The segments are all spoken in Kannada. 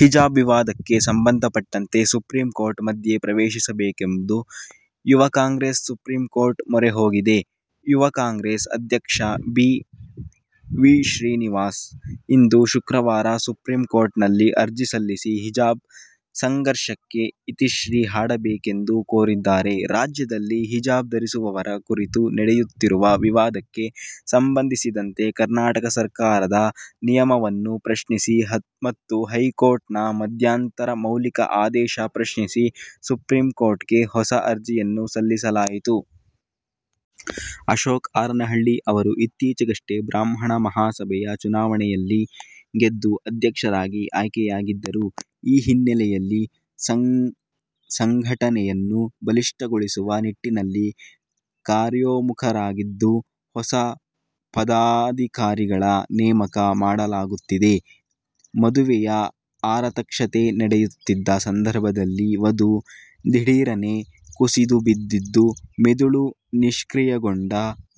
ಹಿಜಾಬ್ ವಿವಾದಕ್ಕೆ ಸಂಬಂಧಪಟ್ಟಂತೆ ಸುಪ್ರೀಂ ಕೋರ್ಟ್ ಮಧ್ಯೆ ಪ್ರವೇಶಿಸಬೇಕೆಂದು ಯುವ ಕಾಂಗ್ರೆಸ್ ಸುಪ್ರೀಂ ಕೋರ್ಟ್ ಮೊರೆ ಹೋಗಿದೆ. ಯುವ ಕಾಂಗ್ರೆಸ್ ಅಧ್ಯಕ್ಷ ಬಿ ವಿಶ್ರೀನಿವಾಸ್ ಇಂದು ಶುಕ್ರವಾರ ಸುಪ್ರೀಂ ಕೋರ್ಟ್ ನಲ್ಲಿ ಅರ್ಜಿ ಸಲ್ಲಿಸಿ ಹಿಜಾಬ್ ಸಂಘರ್ಷಕ್ಕೆ ಇತಿಶ್ರೀ ಹಾಡಬೇಕೆಂದು ಕೋರಿದ್ದಾರೆ. ರಾಜ್ಯದಲ್ಲಿ ಹಿಜಾಬ್ ಧರಿಸುವುದರ ಕುರಿತು ನಡೆಯುತ್ತಿರುವ ವಿವಾದಕ್ಕೆ ಸಂಬಂಧಿಸಿದಂತೆ ಕರ್ನಾಟಕ ಸರ್ಕಾರದ ನಿಯಮವನ್ನು ಪ್ರಶ್ನಿಸಿ ಮತ್ತು ಹೈಕೋರ್ಟ್ ನ ಮಧ್ಯಂತರ ಮೌಖಿಕ ಆದೇಶ ಪ್ರಶ್ನಿಸಿ ಸುಪ್ರೀಂ ಕೋರ್ಟ್ಗೆ ಹೊಸ ಅರ್ಜಿಯನ್ನು ಸಲ್ಲಿಸಲಾಯಿತು. ಅಶೋಕ್ ಹಾರನಹಳ್ಳಿ ಅವರು ಇತ್ತೀಚೆಗಷ್ಟೇ ಬ್ರಾಹ್ಮಣ ಮಹಾಸಭೆಯ ಚುನಾವಣೆಯಲ್ಲಿ ಗೆದ್ದು ಅಧ್ಯಕ್ಷರಾಗಿ ಆಯ್ಕೆಯಾಗಿದ್ದರು. ಈ ಹಿನ್ನೆಲೆಯಲ್ಲಿ ಸಂಘಟನೆಯನ್ನು ಬಲಿಷ್ಠಗೊಳಿಸುವ ನಿಟ್ಟಿನಲ್ಲಿ ಕಾರ್ಯೋಮುಖರಾಗಿದ್ದು ಹೊಸ ಪದಾಧಿಕಾರಿಗಳ ನೇಮಕ ಮಾಡಲಾಗುತ್ತಿದೆ. ಮದುವೆಯ ಆರತಕ್ಷತೆ ನಡೆಯುತ್ತಿದ್ದ ಸಂದರ್ಭದಲ್ಲಿ ವಧು ದಿಢೀರನೇ ಕುಸಿದು ಬಿದ್ದಿದ್ದು, ಮೆದುಳು ನಿಷ್ಕ್ರಿಯಗೊಂಡ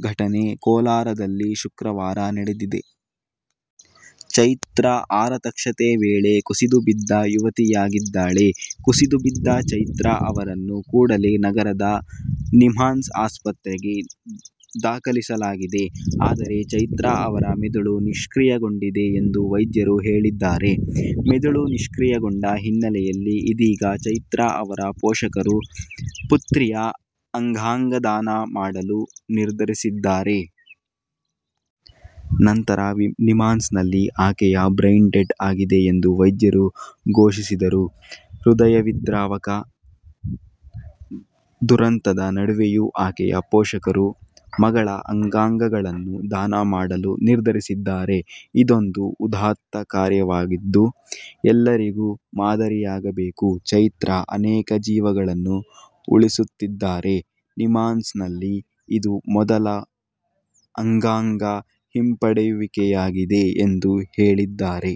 ಘಟನೆ ಕೋಲಾರದಲ್ಲಿ ಶುಕ್ರವಾರ ನಡೆದಿದೆ. ಚೈತ್ರಾ ಆರತಕ್ಷತೆ ವೇಳೆ ಕುಸಿದುಬಿದ್ದ ಯುವತಿಯಾಗಿದ್ದಾಳೆ. ಕುಸಿದುಬಿದ್ದ ಚೈತ್ರಾ ಅವರನ್ನು ಕೂಡಲೇ ನಗರದ ನಿಮ್ಹಾನ್ಸ್ ಆಸ್ಪತ್ರೆಗೆ ದಾಖಲಿಸಲಾಗಿದೆ. ಆದರೆ, ಚೈತ್ರಾ ಅವರ ಮಿದುಳು ನಿಷ್ಕ್ರಿಯಗೊಂಡಿದೆ ಎಂದು ವೈದ್ಯರು ಹೇಳಿದ್ದಾರೆ. ಮಿದುಳು ನಿಷ್ಕ್ರಿಯಗೊಂಡ ಹಿನ್ನೆಲೆಯಲ್ಲಿ ಇದೀಗ ಚೈತ್ರಾ ಅವರ ಪೋಷಕರು, ಪುತ್ರಿಯ ಅಂಗಾಂಗ ದಾನ ಮಾಡಲು ನಿರ್ಧರಿಸಿದ್ದಾರೆ. ನಂತರ ನಿಮ್ಹಾನ್ಸ್ನಲ್ಲಿ ಆಕೆಯ ಬ್ರೈನ್ ಡೆಡ್ ಆಗಿದೆ ಎಂದು ವೈದ್ಯರು ಘೋಷಿಸಿದರು. ಹೃದಯವಿದ್ರಾವಕ ದುರಂತದ ನಡುವೆಯೂ ಆಕೆಯ ಪೋಷಕರು ಮಗಳ ಅಂಗಾಂಗಗಳನ್ನು ದಾನ ಮಾಡಲು ನಿರ್ಧರಿಸಿದ್ದಾರೆ. ಇದೊಂದು ಉದಾತ್ತ ಕಾರ್ಯವಾಗಿದ್ದು, ಎಲ್ಲರಿಗೂ ಮಾದರಿಯಾಗಬೇಕು. ಚೈತ್ರಾ ಅನೇಕ ಜೀವಗಳನ್ನು ಉಳಿಸುತ್ತಿದ್ದಾರೆ. ನಿಮ್ಹಾನ್ಸ್ನಲ್ಲಿ ಇದು ಮೊದಲ ಅಂಗಾಂಗ ಹಿಂಪಡೆಯುವಿಕೆಯಾಗಿದೆ ಎಂದು ಹೇಳಿದ್ದಾರೆ.